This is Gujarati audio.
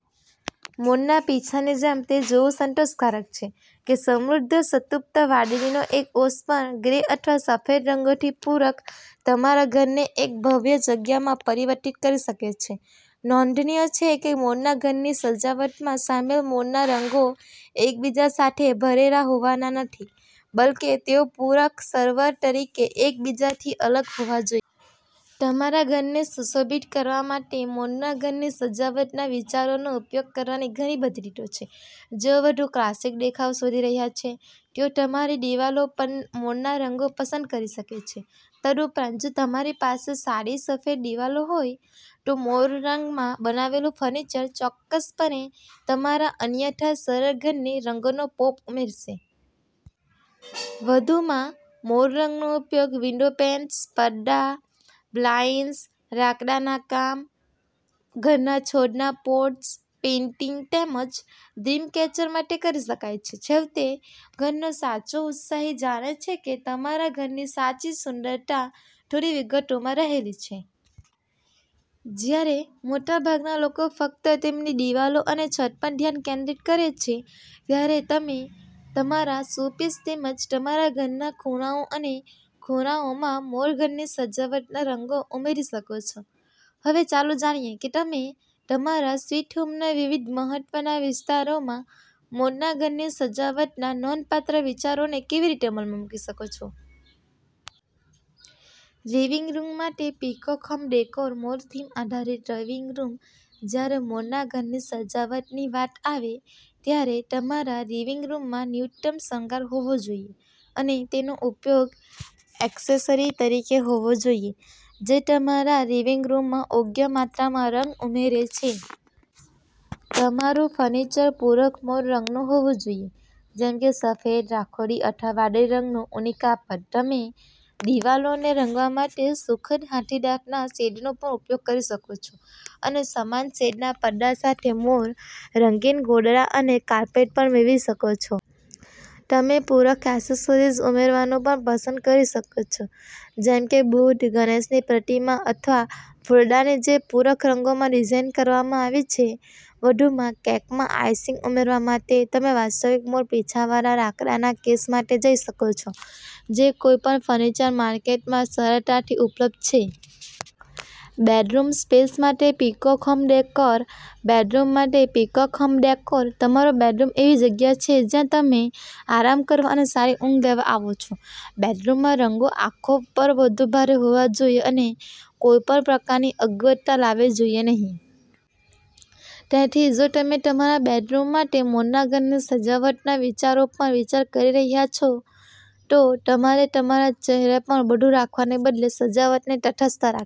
મોરના પીંછાની જેમ, તે જોવું સંતોષકારક છે કે સમૃદ્ધ સંતૃપ્ત વાદળીનો એક ઔંસ પણ, ગ્રે અથવા સફેદ રંગોથી પૂરક તમારા ઘરને એક ભવ્ય જગ્યામાં પરિવર્તિત કરી શકે છે. નોંધનીય છે કે મોરનાં ઘરની સજાવટમાં સામેલ મોરનાં રંગો એકબીજા સાથે ભળેલાં હોવાનાં નથી, બલ્કે, તેઓ પૂરક સ્વર તરીકે એકબીજાથી અલગ હોવા જોઈએ. તમારા ઘરને સુશોભિત કરવા માટે મોરના ઘરની સજાવટના વિચારોનો ઉપયોગ કરવાની ઘણી બધી રીતો છે. જેઓ વધુ ક્લાસિક દેખાવ શોધી રહ્યા છે, તેઓ તમારી દિવાલો પર મોરના રંગો પસંદ કરી શકે છે. તદુપરાંત, જો તમારી પાસે સાદી સફેદ દિવાલો હોય, તો મોર રંગમાં બનાવેલું ફર્નિચર ચોક્કસપણે તમારા અન્યથા સરળ ઘરને રંગનો પોપ ઉમેરશે. વધુમાં, મોર રંગનો ઉપયોગ વિન્ડોપેન્સ, પડદા, બ્લાઇંડ્સ, લાકડાના કામ, ઘરના છોડના પોટ્સ, પેઇન્ટિંગ્સ તેમજ ડ્રીમ કેચર માટે કરી શકાય છે. છેવટે, ઘરનો સાચો ઉત્સાહી જાણે છે કે તમારા ઘરની સાચી સુંદરતા થોડી વિગતોમાં રહેલી છે. જ્યારે મોટાભાગના લોકો ફક્ત તેમની દિવાલો અને છત પર ધ્યાન કેન્દ્રિત કરે છે, ત્યારે તમે તમારા શોપીસ તેમજ તમારા ઘરના ખૂણાઓ અને ખૂણાઓમાં મોર ઘરની સજાવટના રંગો ઉમેરી શકો છો. હવે, ચાલો જાણીએ કે તમે તમારા સ્વીટ હોમના વિવિધ મહત્વના વિસ્તારોમાં મોરનાં ઘરની સજાવટના નોંધપાત્ર વિચારોને કેવી રીતે અમલમાં મૂકી શકો છો. લિવિંગ રૂમ માટે પીકોક હોમ ડેકોર મોર થીમ આધારિત લિવિંગ રૂમ જ્યારે મોરના ઘરની સજાવટની વાત આવે ત્યારે તમારા લિવિંગ રૂમમાં ન્યૂનતમ શણગાર હોવો જોઈએ અને તેનો ઉપયોગ એક્સેસરી તરીકે કરવો જોઈએ જે તમારા લિવિંગ રૂમમાં યોગ્ય માત્રામાં રંગ ઉમેરે છે. તમારું ફર્નિચર પૂરક મોર રંગનું હોવું જોઈએ જેમ કે સફેદ, રાખોડી અથવા વાદળી રંગનું ઊની કાપડ. તમે દિવાલોને રંગવા માટે સુખદ હાથીદાંતના શેડનો પણ ઉપયોગ કરી શકો છો અને સમાન શેડના પડદા સાથે મોર-રંગીન ગોદડા અને કાર્પેટ પણ મેળવી શકો છો. તમે પૂરક એસેસરીઝ ઉમેરવાનું પણ પસંદ કરી શકો છો જેમ કે બુદ્ધ, ગણેશની પ્રતિમા અથવા ફૂલદાની જે પૂરક રંગોમાં ડિઝાઇન કરવામાં આવી છે. વધુમાં, કેકમાં આઈસિંગ ઉમેરવા માટે, તમે વાસ્તવિક મોર પીંછાવાળા લાકડાના કેસ માટે જઈ શકો છો, જે કોઈપણ ફર્નિચર માર્કેટમાં સરળતાથી ઉપલબ્ધ છે. બેડરૂમ સ્પેસ માટે પીકોક હોમ ડેકોર બેડરૂમ માટે પીકોક હોમ ડેકોર તમારો બેડરૂમ એવી જગ્યા છે જ્યાં તમે આરામ કરવા અને સારી ઊંઘ લેવા આવો છો. બેડરૂમના રંગો આંખો પર વધુ ભારે હોવા જોઈએ અને કોઈપણ પ્રકારની અગવડતા લાવવી જોઈએ નહીં. તેથી, જો તમે તમારા બેડરૂમ માટે મોરનાં ઘરની સજાવટનાં વિચારો પર વિચાર કરી રહ્યાં છો, તો તમારે તમારા ચહેરા પર બધું રાખવાને બદલે સજાવટને તટસ્થ રાખવી